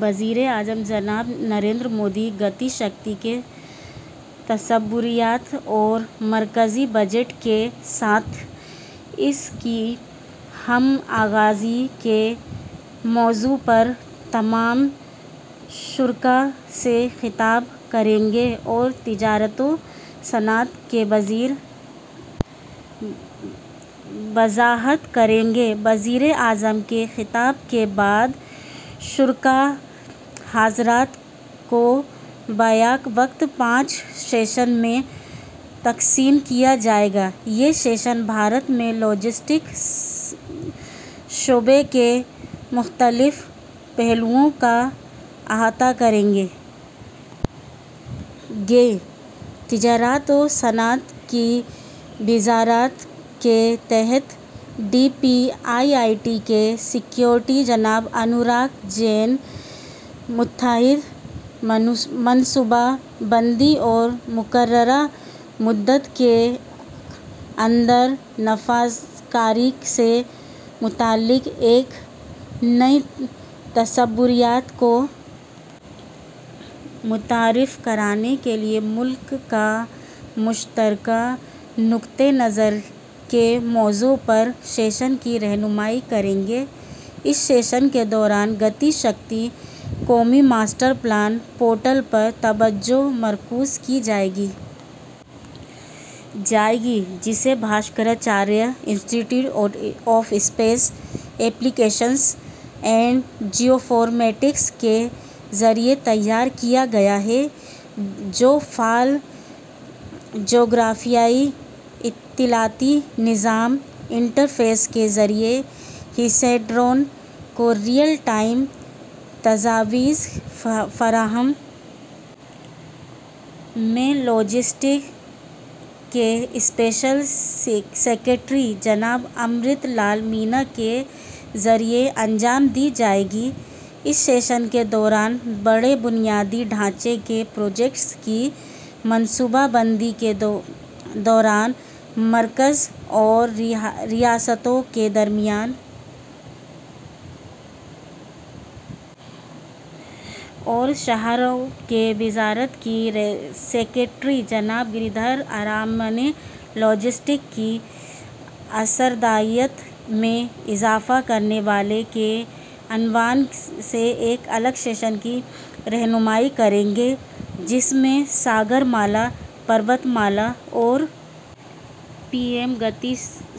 وزیر اعظم جناب نریندر مودی گتی شکتی کی تصوریت اور مرکزی بجٹ کے ساتھ اس کی ہم آہنگی کے موضوع پر تمام شرکاء سے خطاب کریں گے اور تجارت و صنعت کے وزیر وضاحت کریں گے وزیر اعظم کے خطاب کے بعد شرکاء حضرات کو بیک وقت پانچ سیشنوں میں منقسم کیا جائے گا یہ سیشن بھارت میں لاجسٹکس شعبہ کے مختلف پہلوؤں پر احاطہ کریں گے تجارت و صنعت کی وزارت کے تحت D P I I T کے سکریٹری جناب انوراگ جین مربوط منصوبہ بندی اور معینہ مدت کے اندر نفاذکاری سے متعلق ایک نئی تصوریت کو متعارف کرانے کے لیے مکمل قوم کا نقطہ نظر کے موضوع پر ایک کی سیشن کی رہنمائی کریں گے اس سیشن کے دوران گتی شکتی قومی ماسٹر پلان پورٹل پر توجہ مرکوز کی جائے گی جسے Bhaskaracharya institute of space application Jio informatics کے ذریعہ تیار کیا گیا ہے جو فعال جغرافیائی اطلاعاتی نظام انٹرفیس کے ذریعہ حصہ داروں کو رئیل ٹائم سجھاؤ فراہم میں لاجسٹکس کے اسپیشل سکریٹری جناب امرت لال مینا کے ذریعہ انجام دی جائے گی اس سیشن کے دوران بڑے بنیادی ڈھانچہ پروجیکٹوں کی منصوبہ بندی کے دوران مرکز اور ریاستوں کے درمیان اور شاہراہوں کی وزارت کے سکریٹری جناب گری دھر ارمانے لاجسٹکس اثر انگیزی میں اضافہ کرنے والے کے عنوان سے ایک علیحدہ سیشن کی رہنمائی کریں گے جس میں ساگرمالا پروت مالا اور پی ایم گتی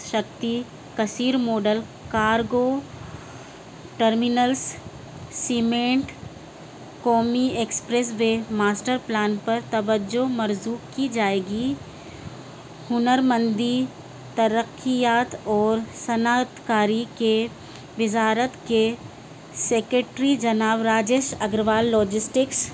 شکتی کثیر ماڈل کارگو ٹرمنلس سمیت قومی ایکسپریس وے ماسٹر پلان پر توجہ مرکوز کی جائے گی ہنرمندی ترقیات اور صنعت کاری کی وزارت کے سکریٹری جناب راجیش اگروال لاجسٹکس